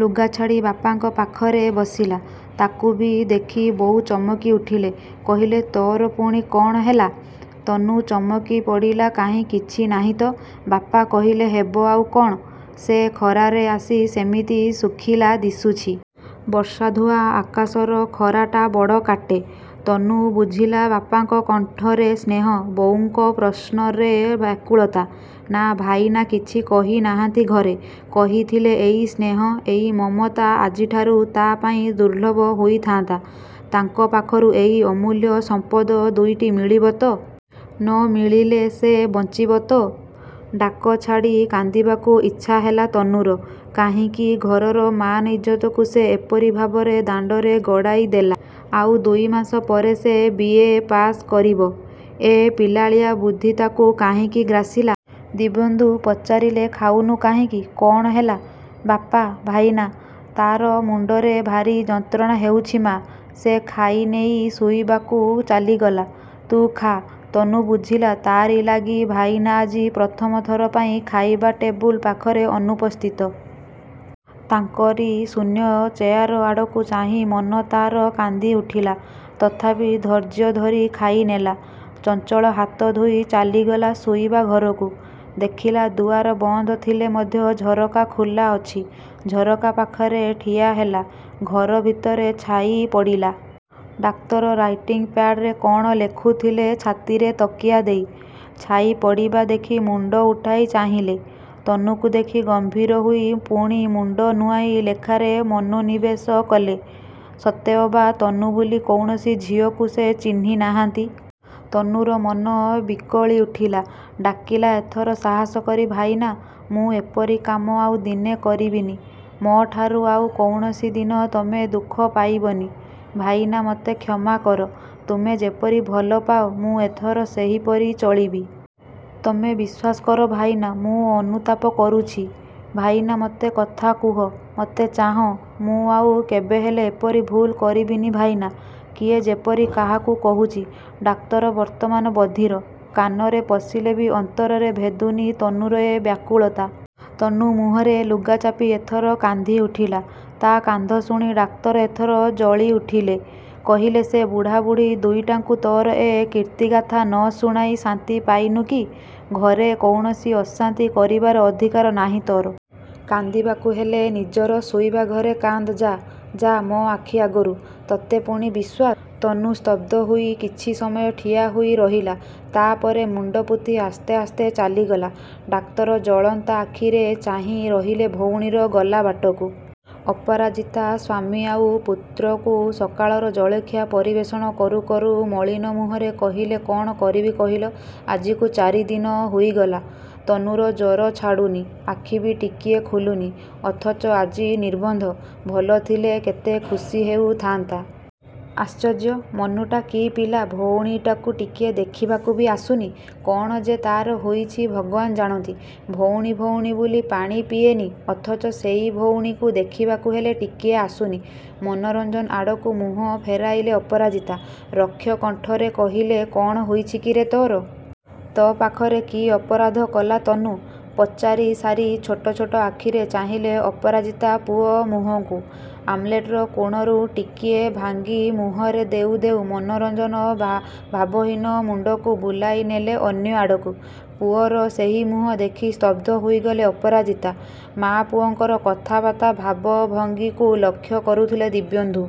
ଲୁଗା ଛାଡ଼ି ବାପାଙ୍କ ପାଖରେ ବସିଲା। ତାକୁ ବି ଦେଖି ବୋଉ ଚମକି ଉଠିଲେ। କହିଲେ ତୋର ପୁଣି କ'ଣ ହେଲା? ତନୁ ଚମକି ପଡ଼ିଲା କାହିଁ କିଛି ନାହିଁ ତ। ବାପା କହିଲେ ହେବ ଆଉ କ'ଣ? ସେ ଖରାରେ ଆସି ସେମିତି ଶୁଖିଲା ଦିଶୁଛି। ବର୍ଷା ଧୁଆ ଆକାଶର ଖରାଟା ବଡ଼ କାଟେ। ତନୁ ବୁଝିଲା ବାପାଙ୍କ କଣ୍ଠରେ ସ୍ନେହ, ବୋଉଙ୍କ ପ୍ରଶ୍ନରେ ବ୍ୟାକୁଳତା। ନା, ଭାଇନା କିଛି କହି ନାହାନ୍ତି ଘରେ। କହିଥିଲେ ଏଇ ସ୍ନେହ, ଏଇ ମମତା ଆଜିଠାରୁ ତା' ପାଇଁ ଦୁର୍ଲଭ ହୋଇଥାନ୍ତା। ତାଙ୍କ ପାଖରୁ ଏଇ ଅମୂଲ୍ୟ ସମ୍ପଦ ଦୁଇଟି ମିଳିବ ତ? ନ ମିଳିଲେ ସେ ବଞ୍ଚିବ ତ! ଡାକ ଛାଡ଼ି କାନ୍ଦିବାକୁ ଇଚ୍ଛା ହେଲା ତନୁର। କାହିଁକି ଘରର ମାନ ଇଜ୍ଜତକୁ ସେ ଏପରି ଭାବରେ ଦାଣ୍ଡରେ ଗଡ଼ାଇ ଦେଲା! ଆଉ ଦୁଇ ମାସ ପରେ ସେ ବି. ଏ ପାଶ୍ କରିବ। ଏ ପିଲାଳିଆ ବୁଦ୍ଧି ତାକୁ କାହିଁକି ଗ୍ରାସିଲା। ଦିବ୍ୟେନ୍ଦୁ ପଚାରିଲେ ଖାଉନୁ କାହିଁକି, କ'ଣ ହେଲା? ବାପା, ଭାଇନା? ତା'ର ମୁଣ୍ଡରେ ଭାରି ଯନ୍ତ୍ରଣା ହେଉଛି ମା'। ସେ ଖାଇନେଇ ଶୋଇବାକୁ ଚାଲିଗଲା। ତୁ ଖାଆ। ତନୁ ବୁଝିଲା, ତାରି ଲାଗି ଭାଇନା ଆଜି ପ୍ରଥମ ଥର ପାଇଁ ଖାଇବା ଟେବୁଲ ପାଖରେ ଅନୁପସ୍ଥିତ। ତାଙ୍କରି ଶୂନ୍ୟ ଚେୟାର ଆଡ଼କୁ ଚାହିଁ ମନ ତା'ର କାନ୍ଦି ଉଠିଲା। ତଥାପି ଧୈର୍ଯ୍ୟ ଧରି ଖାଇନେଲା। ଚଞ୍ଚଳ ହାତ ଧୋଇ ଚାଲିଗଲା ଶୋଇବା ଘରକୁ। ଦେଖିଲା ଦୁଆର ବନ୍ଦ ଥିଲେ ମଧ୍ୟ ଝରକା ଖୋଲା ଅଛି। ଝରକା ପାଖରେ ଠିଆ ହେଲା। ଘର ଭିତରେ ଛାଇ ପଡ଼ିଲା। ଡାକ୍ତର ରାଇଟିଂ ପ୍ୟାଡ୍ ରେ କ'ଣ ଲେଖୁଥିଲେ ଛାତିରେ ତକିଆ ଦେଇ। ଛାଇ ପଡ଼ିବା ଦେଖି ମୁଣ୍ଡ ଉଠାଇ ଚାହିଁଲେ। ତନୁକୁ ଦେଖି ଗମ୍ଭୀର ହୋଇ ପୁଣି ମୁଣ୍ଡ ନୁଆଁଇ ଲେଖାରେ ମନୋନିବେଶ କଲେ। ସତେଅବା ତନୁ ବୋଲି କୌଣସି ଝିଅକୁ ସେ ଚିହ୍ନି ନାହାନ୍ତି। ତନୁର ମନ ବିକଳି ଉଠିଲା। ଡାକିଲା ଏଥର ସାହସ କରି ଭାଇନା, ମୁଁ ଏପରି କାମ ଆଉ ଦିନେ କରିବିନି। ମୋଠାରୁ ଆଉ କୌଣସି ଦିନ ତୁମେ ଦୁଃଖ ପାଇବନି। ଭାଇନା ମୋତେ କ୍ଷମା କର। ତୁମେ ଯେପରି ଭଲ ପାଅ, ମୁଁ ଏଥର ସେହିପରି ଚଳିବି। ତୁମେ ବିଶ୍ୱାସ କର ଭାଇନା, ମୁଁ ଅନୁତାପ କରୁଛି। ଭାଇନା ମୋତେ କଥା କୁହ, ମତେ ଚାହଁ, ମୁଁ ଆଉ କେବେହେଲେ ଏପରି ଭୁଲ୍ କରିବିନି ଭାଇନା। କିଏ ଯେପରି କାହାକୁ କହୁଛି। ଡାକ୍ତର ବର୍ତ୍ତମାନ ବଧିର। କାନରେ ପଶିଲେ ବି ଅନ୍ତରରେ ଭେଦୁନି ତନୁର ଏ ବ୍ୟାକୁଳତା। ତନୁ ମୁହଁରେ ଲୁଗା ଚାପି ଏଥର କାନ୍ଦି ଉଠିଲା। ତା' କାନ୍ଦ ଶୁଣି ଡାକ୍ତର ଏଥର ଜଳି ଉଠିଲେ। କହିଲେ ସେ ବୁଢ଼ା ବୁଢ଼ୀ ଦୁଇଟାଙ୍କୁ ତୋର ଏ କୀର୍ତ୍ତିଗାଥା ନ ଶୁଣାଇ ଶାନ୍ତି ପାଇନୁ କି। ଘରେ କୌଣସି ଅଶାନ୍ତି କରିବାର ଅଧିକାର ନାହିଁ ତୋର। କାନ୍ଦିବାକୁ ହେଲେ ନିଜର ଶୋଇବା ଘରେ କାନ୍ଦ୍ ଯା। ଯା ମୋ ଆଖି ଆଗରୁ। ତତେ ପୁଣି ବିଶ୍ୱାସ! ତନୁ ସ୍ତବ୍ଧ ହୋଇ କିଛି ସମୟ ଠିଆ ହୋଇ ରହିଲା। ତା' ପରେ ମୁଣ୍ଡ ପୋତି ଆସ୍ତେ ଆସ୍ତେ ଚାଲିଗଲା। ଡାକ୍ତର ଜଳନ୍ତା ଆଖିରେ ଚାହିଁ ରହିଲେ ଭଉଣୀର ଗଲା ବାଟକୁ। ଅପରାଜିତା ସ୍ୱାମୀ ଆଉ ପୁତ୍ରକୁ ସକାଳର ଜଳଖିଆ ପରିବେଷଣ କରୁ କରୁ ମଳିନ ମୁହଁରେ କହିଲେ କ'ଣ କରିବି କହିଲ, ଆଜିକୁ ଚାରି ଦିନ ହୋଇଗଲା। ତନୁର ଜ୍ୱର ଛାଡ଼ୁନି। ଆଖି ବି ଟିକିଏ ଖୋଲୁନି। ଅଥଚ ଆଜି ନିର୍ବନ୍ଧ। ଭଲ ଥିଲେ କେଡ଼େ ଖୁସି ହେଉଥାନ୍ତା। ଆଶ୍ଚର୍ଯ୍ୟ, ମନୁଟା କି ପିଲା ଭଉଣୀଟାକୁ ଟିକିଏ ଦେଖିବାକୁ ବି ଆସୁନି। କ'ଣ ଯେ ତା'ର ହୋଇଛି ଭଗବାନ ଜାଣନ୍ତି। ଭଉଣୀ ଭଉଣୀ ବୋଲି ପାଣି ପିଏନି, ଅଥଚ ସେଇ ଭଉଣୀକୁ ଦେଖିବାକୁ ହେଲେ ଟିକିଏ ଆସୁନି। ମନୋରଞ୍ଜନ ଆଡ଼କୁ ମୁହଁ ଫେରାଇଲେ ଅପରାଜିତା। ରକ୍ଷ କଣ୍ଠରେ କହିଲେ କ'ଣ ହୋଇଛି କିରେ ତୋର। ତୋ ପାଖରେ କି ଅପରାଧ କଲା ତନୁ? ପଚାରି ସାରି ଛୋଟ ଛୋଟ ଆଖିରେ ଚାହିଁଲେ ଅପରାଜିତା ପୁଅ ମୁହଁକୁ। ଆମ୍ଲେଟର କୋଣରୁ ଟିକିଏ ଭାଙ୍ଗି ମୁହଁରେ ଦେଉ ଦେଉ ମନୋରଞ୍ଜନ ବା ଭାବହୀନ ମୁଣ୍ଡକୁ ବୁଲାଇ ନେଲେ ଅନ୍ୟ ଆଡ଼କୁ। ପୁଅର ସେହି ମୁହଁ ଦେଖି ସ୍ତବ୍ଧ ହୋଇଗଲେ ଅପରାଜିତା। ମା' ପୁଅଙ୍କର କଥାବାର୍ତ୍ତା ଭାବଭଙ୍ଗୀକୁ ଲକ୍ଷ୍ୟ କରୁଥିଲେ ଦିବ୍ୟେନ୍ଦୁ।